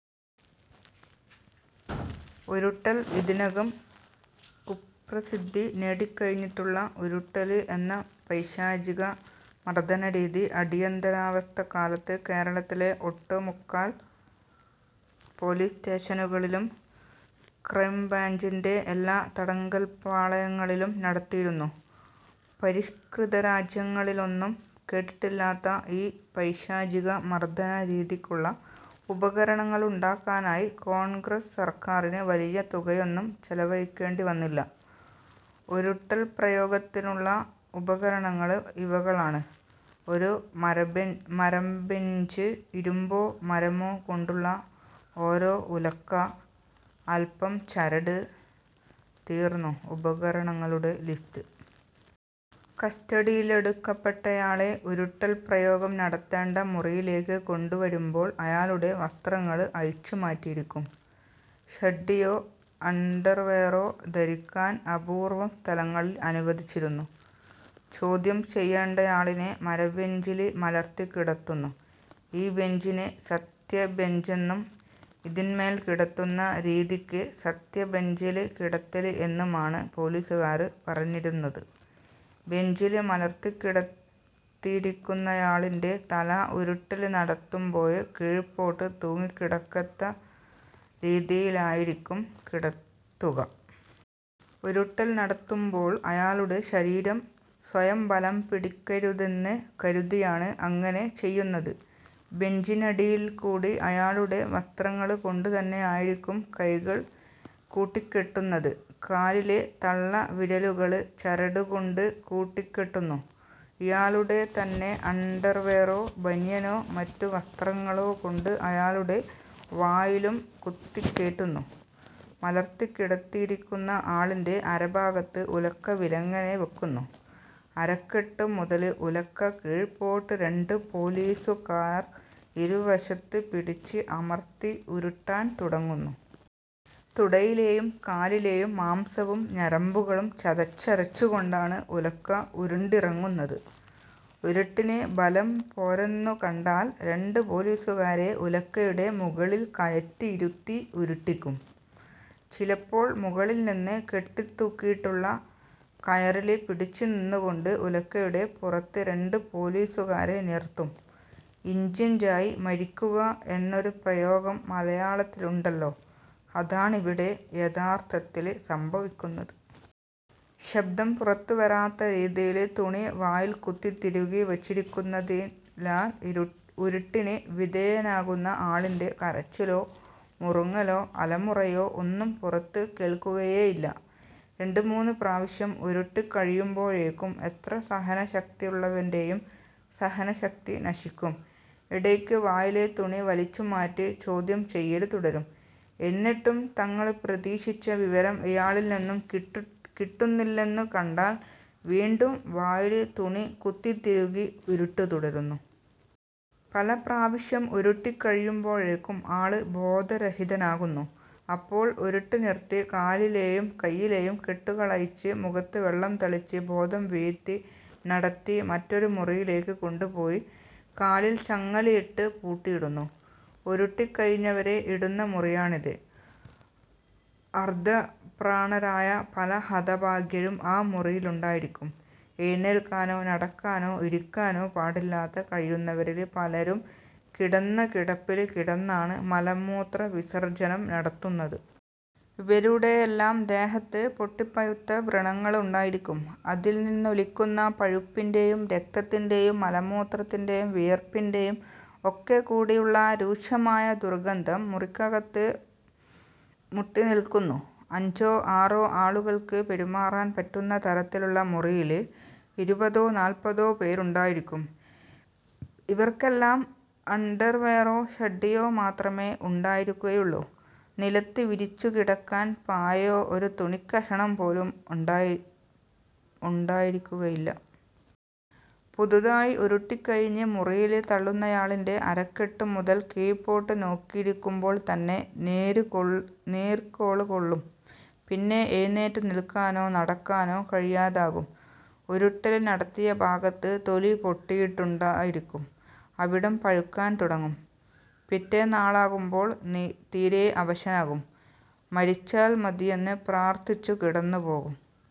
ഉരുട്ടല് ഇതിനകം കുപ്രസിദ്ധി നേടിക്കഴിഞ്ഞിട്ടുള്ള ഉരുട്ടല് എന്ന പൈശാചികമര്ദനരീതി അടിയന്തരാവസ്ഥക്കാലത്ത് കേരളത്തിലെ ഒട്ടുമുക്കാല് പോലീസ് സ്റ്റേഷനുകളിലും, ക്രൈംബ്രാഞ്ചിന്റെ എല്ലാ തടങ്കല്പ്പാളയങ്ങളിലും നടത്തിയിരുന്നു. പരിഷ്കൃതരാജ്യങ്ങളിലൊന്നും കേട്ടിട്ടില്ലാത്ത ഈ പൈശാചിക മര്ദനരീതിക്കുള്ള ഉപകരണങ്ങളുണ്ടാക്കാനായി കോണ്ഗ്രസ് സര്ക്കാറിന് വലിയ തുകയൊന്നും ചെലവഴിക്കേണ്ടിവന്നില്ല. ഉരുട്ടല്പ്രയോഗത്തിനുള്ള ഉപകരണങ്ങള് ഇവകളാണ്. ഒരു മരബെഞ്ച്, ഇരുമ്പോ മരമോ കൊണ്ടുള്ള ഓരോ ഉലക്ക, അല്പം ചരട്, തീര്ന്നു ഉപകരണങ്ങളുടെ ലിസ്റ്റ്. കസ്റ്റഡിയിലെടുക്കപ്പെട്ടയാളെ ഉരുട്ടല്പ്രയോഗം നടത്തേണ്ട മുറിയിലേക്ക് കൊണ്ടുവരുമ്പോള് അയാളുടെ വസ്ത്രങ്ങള് അഴിച്ചുമാറ്റിയിരിക്കും. ഷഡ്ഡിയോ അണ്ടര്വെയറോ ധരിക്കാന് അപൂര്വം സ്ഥലങ്ങളില് അനുവദിച്ചിരുന്നു. ചോദ്യം ചെയ്യേണ്ടയാളിനെ മരബെഞ്ചില് മലര്ത്തിക്കിടത്തുന്നു. ഈ ബെഞ്ചിന് 'സത്യബെഞ്ചെന്നും' ഇതിന്മേല് കിടത്തുന്ന രീതിക്ക് സത്യ ബഞ്ചേല് കിടത്തല് എന്നുമാണ് പോലീസുകാര് പറഞ്ഞിരുന്നത്. ബെഞ്ചില് മലര്ത്തിക്കിടത്തിയിരിക്കുന്നയാളിന്റെ തല ഉരുട്ടല് നടത്തുമ്പോള് കീഴ്പ്പോട്ട് തൂങ്ങിക്കിടക്കത്തക്കരീതിയിലായിരിക്കും കിടത്തുക. ഉരുട്ടല് നടത്തുമ്പോള് അയാളുടെ ശരീരം സ്വയം ബലംപിടിക്കരുതെന്ന് കരുതിയാണ് അങ്ങനെ ചെയ്യുന്നത്. ബെഞ്ചിനടിയില്ക്കൂടി അയാളുടെ വസ്ത്രങ്ങള് കൊണ്ടുതന്നെയായിരിക്കും കൈകള് കൂട്ടിക്കെട്ടുന്നത്. കാലിലെ തള്ളവിരലുകള് ചരടുകൊണ്ട് കൂട്ടിക്കെട്ടുന്നു. ഇയാളുടെതന്നെ അണ്ടര്വെയറോ, ബനിയനോ, മറ്റു വസ്ത്രങ്ങളോകൊണ്ട് അയാളുടെ വായിലും കുത്തിക്കേറ്റുന്നു. മലര്ത്തിക്കിടത്തിയിരിക്കുന്ന ആളിന്റെ അരഭാഗത്ത് ഉലക്ക വിലങ്ങനെ വെക്കുന്നു. അരക്കെട്ടു മുതല് ഉലക്ക കീഴ്പ്പോട്ട് രണ്ടു പോലീസുകാര് ഇരുവശത്ത് പിടിച്ച് അമര്ത്തി ഉരുട്ടാന് തുടങ്ങുന്നു. തുടയിലേയും കാലിലേയും മാംസവും ഞരമ്പുകളും ചതച്ചരച്ചുകൊണ്ടാണ് ഉലക്ക ഉരുണ്ടിറങ്ങുന്നത്. ഉരുട്ടിനു ബലം പോരെന്നുകണ്ടാല് രണ്ടു പോലീസുകാരെ ഉലക്കയുടെ മുകളില് കയറ്റി ഇരുത്തി ഉരുട്ടിക്കും. ചിലപ്പോള് മുകളില്നിന്ന് കെട്ടിത്തൂക്കിയിട്ടുള്ള കയറില് പിടിച്ചുനിന്നുകൊണ്ട് ഉലക്കയുടെ പുറത്ത് രണ്ടു പോലീസുകാരെ നിര്ത്തും. ഇഞ്ചിഞ്ചായി മരിക്കുക എന്നൊരു പ്രയോഗം മലയാളത്തിലുണ്ടല്ലോ. അതാണിവിടെ യഥാര്ഥത്തില് സംഭവിക്കുന്നത്. ശബ്ദം പുറത്തുവരാത്ത രീതിയില് തുണി വായില് കുത്തിത്തിരുകി വെച്ചിരിക്കുന്നതിനാല് ഉരുട്ടിന് വിധേയനാകുന്ന ആളിന്റെ കരച്ചിലോ മുറുങ്ങലോ അലമുറയോ ഒന്നും പുറത്തു കേള്ക്കുകയേ ഇല്ല. രണ്ടുമൂന്നു പ്രാവശ്യം ഉരുട്ടു കഴിയുമ്പോഴേക്കും എത്ര സഹനശക്തിയുള്ളവന്റെയും സഹനശക്തി നശിക്കും. ഇടയ്ക്ക് വായിലെ തുണി വലിച്ചുമാറ്റി ചോദ്യം ചെയ്യല് തുടരും. എന്നിട്ടും തങ്ങള് പ്രതീക്ഷിച്ച വിവരം ഇയാളില്നിന്നും കിട്ടുന്നില്ലെന്നു കണ്ടാല് വീണ്ടും വായില് തുണി കുത്തിത്തിരുകി ഉരുട്ട് തുടരുന്നു. പലപ്രാവശ്യം ഉരുട്ടിക്കഴിയുമ്പോഴേക്കും ആള് ബോധരഹിതനാകുന്നു. അപ്പോള് ഉരുട്ട് നിര്ത്തി കാലിലെയും കൈയിലെയും കെട്ടുകളഴിച്ച് മുഖത്ത് വെള്ളം തളിച്ച് ബോധം വീഴ്ത്തി നടത്തി മറ്റൊരു മുറിയിലേക്ക് കൊണ്ടുപോയി കാലില് ചങ്ങലയിട്ട് പൂട്ടിയിടുന്നു. ഉരുട്ടിക്കഴിഞ്ഞവരെ ഇടുന്ന മുറിയാണിത്. അര്ധപ്രാണരായ പല ഹതഭാഗ്യരും ആ മുറിയിലുണ്ടായിരിക്കും. എഴുന്നേല്ക്കാനോ നടക്കാനോ ഇരിക്കാനോ പാടില്ലാതെ കഴിയുന്നവരില് പലരും കിടന്ന കിടപ്പില് കിടന്നാണ് മലമൂത്രവിസര്ജനം നടത്തുന്നത്. ഇവരുടെയെല്ലാം ദേഹത്ത് പൊട്ടിപ്പഴുത്ത വ്രണങ്ങള് ഉണ്ടായിരിക്കും. അതില്നിന്നൊലിക്കുന്ന പഴുപ്പിന്റെയും, രക്തത്തിന്റെയും, മലമൂത്രത്തിന്റെയും, വിയര്പ്പിന്റെയും ഒക്കെക്കൂടിയുള്ള രൂക്ഷമായ ദുര്ഗന്ധം മുറിക്കകത്ത് മുറ്റിനില്ക്കുന്നു. അഞ്ചോ ആറോ ആളുകള്ക്ക് പെരുമാറാന് പറ്റുന്ന തരത്തിലുള്ള മുറിയില് ഇരുപതോ നാല്പതോ പേരുണ്ടായിരിക്കും. ഇവര്ക്കെല്ലാം അണ്ടര്വെയറോ ഷഡ്ഡിയോ മാത്രമേ ഉണ്ടായിരിക്കുകയുള്ളൂ. നിലത്ത് വിരിച്ചു കിടക്കാന് പായോ ഒരു തുണിക്കഷണംപോലുമോ ഉണ്ടായിരിക്കയില്ല. പുതുതായി ഉരുട്ടുകഴിഞ്ഞ് മുറിയില് തള്ളുന്നയാളിന്റെ അരക്കെട്ടു മുതല് കീഴ്പ്പോട്ട് നോക്കിയിരിക്കുമ്പോള്തന്നെ നീര്ക്കോള് കൊള്ളും. പിന്നെ എഴുന്നേറ്റു നില്ക്കാനോ നടക്കാനോ കഴിയാതാകും. ഉരുട്ടല് നടത്തിയഭാഗത്ത് തൊലി പൊട്ടിയിട്ടുണ്ടായിരിക്കും. അവിടം പഴുക്കാന് തുടങ്ങും. പിറ്റേന്നാളാകുമ്പോള് തീരെ അവശനാകും. മരിച്ചാല് മതിയെന്ന് പ്രാര്ഥിച്ചു കിടന്നുപോകും.